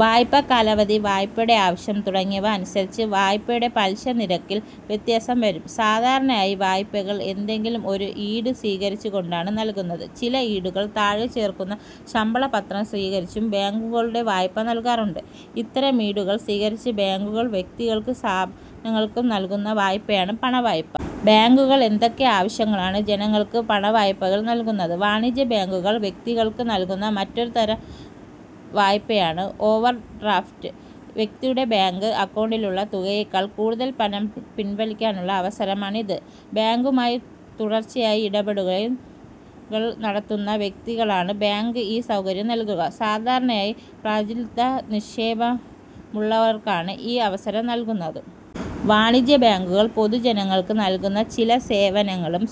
വായ്പാകാലാവധി, വായ്പയുടെ ആവശ്യം തുടങ്ങിയവ അനുസരിച്ച് വായ്പയുടെ പലിശനിരക്കിൽ വ്യത്യാസം വരും. സാധാരണയായി വായ്പകൾ ഏതെങ്കിലും ഒരു ഈട് സ്വീകരിച്ചു കൊണ്ടാണ് നൽകുന്നത്. ചില ഈടുകൾ താഴെ ചേർക്കുന്നു. ശമ്പളപത്രം സ്വീകരിച്ചും ബാങ്കുകൾ വായ്പ നൽകാറുണ്ട്. ഇത്തരം ഈടുകൾ സ്വീകരിച്ച് ബാങ്കുകൾ വ്യക്തികൾക്കും സ്ഥാപ നങ്ങൾക്കും നൽകുന്ന വായ്പയാണ് പണവായ്പ. ബാങ്കുകൾ ഏതൊക്കെ ആവശ്യങ്ങൾക്കാണ് ജനങ്ങൾക്ക് പണവായ്പ നൽകുന്നത്? വാണിജ്യബാങ്കുകൾ വ്യക്തികൾക്കു നൽകുന്ന മറ്റൊരു തരം വായ്പയാണ് ഓവർഡ്രാഫ്റ്റ്. വ്യക്തികളുടെ ബാങ്ക് അക്കൗണ്ടിലുള്ള തുകയേക്കാൾ കൂടുതൽ പണം പിൻവലിക്കാനുള്ള അവസരമാണിത്. ബാങ്കുമായി തുടർച്ചയായി ഇടപാടുകൾ നടത്തുന്ന വ്യക്തികൾക്കാണ് ബാങ്ക് ഈ സൗകര്യം നൽകുക. സാധാരണയായി പ്രചലിത നിക്ഷേപമുള്ളവർക്കാണ് ഈ അവസരം നൽകുന്നത്. വാണിജ്യബാങ്കുകൾ പൊതുജനങ്ങൾക്കു നൽകുന്ന ചില സേവനങ്ങളും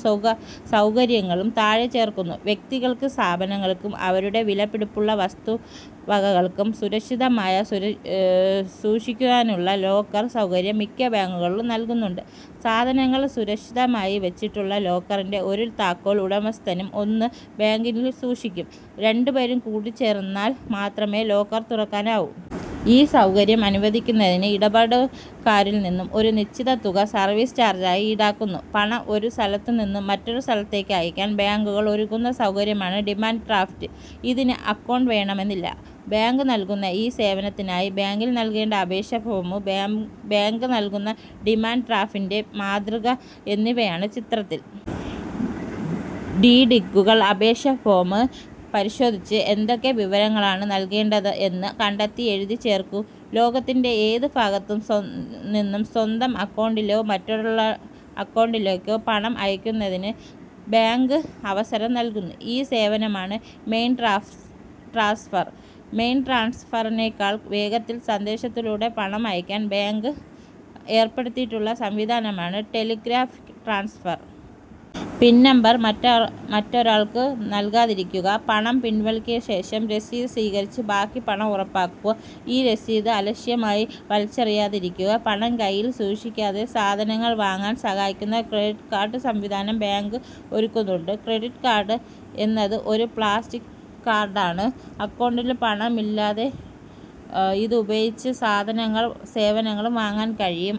സൗകര്യങ്ങളും താഴെ ചേർക്കുന്നു. വ്യക്തികൾക്കും സ്ഥാപനങ്ങൾക്കും അവരുടെ വിലപിടിപ്പുള്ള വസ്തുവ കകൾ സുരക്ഷിതമായി സൂക്ഷിക്കുന്നതിനുള്ള ലോക്കർ സൗകര്യം മിക്ക ബാങ്കുകളും നൽകുന്നുണ്ട്. സാധനങ്ങൾ സുരക്ഷിതമായി വച്ചിട്ടുള്ള ലോക്കറിന്റെ ഒരു താക്കോൽ ഉടമസ്ഥനും ഒന്ന് ബാങ്കിലും സൂക്ഷിക്കും. രണ്ടുപേരും കൂടിച്ചേർന്നാൽ മാത്രമേ ലോക്കർ തുറക്കാനാവൂ. ഈ സൗകര്യം അനുവദിക്കുന്നതിന് ഇടപാടുകാരിൽനിന്ന് ഒരു നിശ്ചിത തുക സർവീസ് ചാർജായി ഈടാക്കുന്നു. പണം ഒരു സ്ഥലത്തുനിന്ന് മറ്റൊരു സ്ഥലത്തേക്ക് അയക്കാൻ ബാങ്കുകൾ ഒരുക്കുന്ന സൗകര്യമാണ് ഡിമാന്റ് ഡ്രാഫ്റ്റ്. ഇതിന് അക്കൗണ്ട് വേണമെന്നില്ല. ബാങ്ക് നൽകുന്ന ഈ സേവനത്തിനായി ബാങ്കിൽ നൽകേണ്ട അപേക്ഷാഫോം, ബാങ്ക് നൽകുന്ന ഡിമാന്റ് ഡ്രാഫ്റ്റിന്റെ മാതൃക എന്നിവയാണ് ചിത്രത്തിൽ. ഡി. ഡിക്കുള്ള അപേക്ഷാ ഫോം പരിശോധിച്ച് എന്തൊക്കെ വിവരങ്ങളാണ് നൽകേണ്ടത് എന്നു കണ്ടെത്തി എഴുതിച്ചേർക്കൂ. ലോകത്തിന്റെ ഏതു ഭാഗത്തു നിന്നും സ്വന്തം അക്കൗണ്ടിലേക്കോ മറ്റൊരാളുടെ അക്കൗണ്ടിലേക്കോ പണം അയക്കുന്നതിന് ബാങ്ക് അവസരം നൽകുന്നു. ഈ സേവനമാണ് മെയിൽ ട്രാൻസ്ഫർ. മെയിൽ ട്രാൻസ്ഫറിനേക്കാൾ വേഗത്തിൽ സന്ദേശത്തിലൂടെ പണം അയയ്ക്കാൻ ബാങ്ക് ഏർപ്പെടുത്തിയിട്ടുള്ള സംവിധാനമാണ് ടെലിഗ്രാഫിക് ട്രാൻസ്ഫർ. പിൻ നമ്പർ മറ്റൊരാൾക്കും നൽകാതിരിക്കുക. പണം പിൻവലിച്ചശേഷം രസീത് സ്വീകരിച്ച് ബാക്കി പണം ഉറപ്പാക്കുക. ഈ രസീത് അലക്ഷ്യമായി വലിച്ചെറിയാതിരിക്കുക. പണം കൈയിൽ സൂക്ഷിക്കാതെ സാധനങ്ങൾ വാങ്ങാൻ സഹായിക്കുന്ന ക്രെഡിറ്റ് കാർഡ് സംവിധാനം ബാങ്ക് ഒരുക്കുന്നുണ്ട്. ക്രെഡിറ്റ് കാർഡ് എന്നത് ഒരു പ്ലാസ്റ്റിക് കാർഡാണ്. അക്കൗണ്ടിൽ പണമില്ലാതെ ഇതുപയോഗിച്ച് സാധനങ്ങളും സേവനങ്ങളും വാങ്ങാൻ കഴിയും.